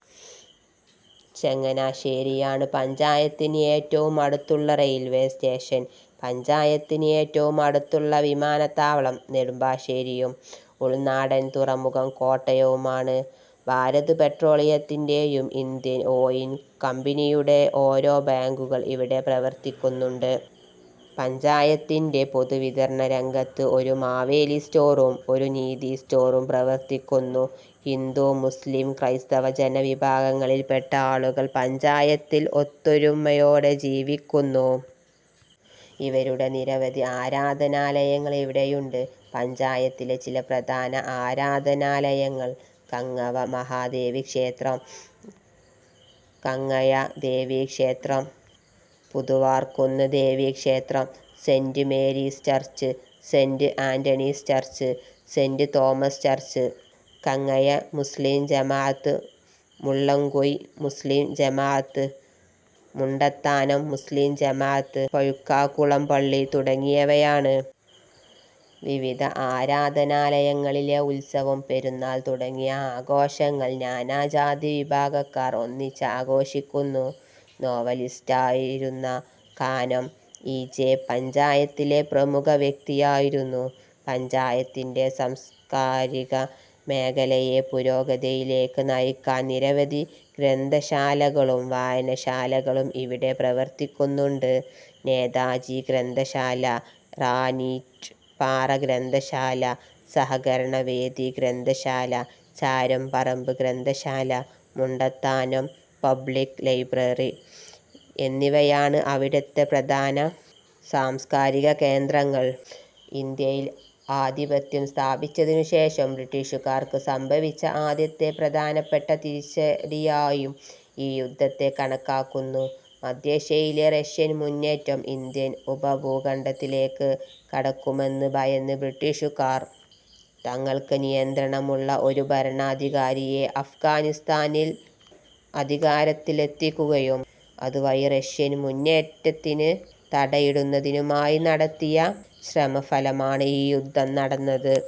ചങ്ങനാശ്ശേരിയാണ് പഞ്ചായത്തിന് ഏറ്റവും അടുത്തുള്ള റെയിൽവേ സ്റ്റേഷൻ. പഞ്ചായത്തിന് ഏറ്റവും അടുത്തുള്ള വിമാനത്താവളം നെടുമ്പാശ്ശേരിയും ഉൾനാടൻ തുറമുഖം കോട്ടയവുമാണ്. ഭാരത് പെട്രോളിയത്തിന്റെയും ഇന്ത്യൻ ഓയിൽ കമ്പനിയുടെ ഓരോ ബങ്കുകൾ ഇവിടെ പ്രവർത്തിക്കുന്നുണ്ട്. പഞ്ചായത്തിന്റെ പൊതുവിതരണരംഗത്ത് ഒരു മാവേലി സ്റ്റോറും ഒരു നീതി സ്റ്റോറും പ്രവർത്തിക്കുന്നു. ഹിന്ദു മുസ്ളിം ക്രൈസ്തവ ജനവിഭാഗങ്ങളിൽപെട്ട ആളുകൾ പഞ്ചായത്തിൽ ഒത്തൊരുമയോടെ ജീവിക്കുന്നു. ഇവരുടെ നിരവധി ആരാധനാലയങ്ങൾ ഇവിടെയുണ്ട്. പഞ്ചായത്തിലെ ചില പ്രധാന ആരാധനാലയങ്ങൾ കങ്ങവ മഹാദേവി ക്ഷേത്രം, കങ്ങഴ ദേവീക്ഷേത്രം, പുതുവാർക്കുന്ന് ദേവീക്ഷേത്രം, saint Mary's church, saint Anthony's church, saint Thomas church, Kangazha മുസ്ളീം ജമാ അത്ത്, മുള്ളംകുഴി മുസ്ളീം ജമാ അത്ത്, മുണ്ടത്താനം മുസ്ളീം ജമാഅത്ത്പഴുക്കാകുളം പള്ളി തുടങ്ങിയവയാണ്. വിവിധ ആരാധനാലയങ്ങളിലെ ഉത്സവം, പെരുന്നാൾ തുടങ്ങിയ ആഘോഷങ്ങൾ നാനാജാതിവിഭാഗക്കാർ ഒന്നിച്ചാഘോഷിക്കുന്നു. നോവലിസ്റ്റായിരുന്ന കാനം. ഇ. ജെ. പഞ്ചായത്തിലെ പ്രമുഖ വ്യക്തിയായിരുന്നു. പഞ്ചായത്തിന്റെ സാംസ്കാരിക മേഖലയെ പുരോഗതിയിലേക്ക് നയിക്കാൻ നിരവധി ഗ്രന്ഥശാലകളും വായനശാലകളും ഇവിടെ പ്രവർത്തിക്കുന്നുണ്ട്. നേതാജി ഗ്രന്ഥശാല, റാന്നീറ്റ് പാറ ഗ്രന്ഥശാല, സഹകരണവേദി ഗ്രന്ഥശാല, ചാരംപറമ്പ് ഗ്രന്ഥശാല, മുണ്ടത്താനം പബ്ളിക് ലൈബ്രറി എന്നിവയാണ് ഇവിടത്തെ പ്രധാന സാംസ്കാരിക കേന്ദ്രങ്ങൾ. ഇന്ത്യയിൽ ആധിപത്യം സ്ഥാപിച്ചതിനു ശേഷം ബ്രിട്ടീഷുകാർക്ക് സംഭവിച്ച ആദ്യത്തെ പ്രധാനപ്പെട്ട തിരിച്ചടിയായും ഈ യുദ്ധത്തെ കണക്കാക്കുന്നു. മദ്ധ്യേഷ്യയിലെ റഷ്യൻ മുന്നേറ്റം, ഇന്ത്യൻ ഉപഭൂഖണ്ഡത്തിലേക്ക് കടക്കുമെന്ന് ഭയന്ന ബ്രിട്ടീഷുകാർ, തങ്ങൾക്ക് നിയന്ത്രണമുള്ള ഒരു ഭരണാധികാരിയെ അഫ്ഗാനിസ്താനിൽ അധികാരത്തിലെത്തിക്കുകയും അതുവഴി റഷ്യൻ മുന്നേറ്റത്തിന് തടയിടുന്നതിനുമായി നടത്തിയ ശ്രമഫലമായാണ് ഈ യുദ്ധം നടന്നത്.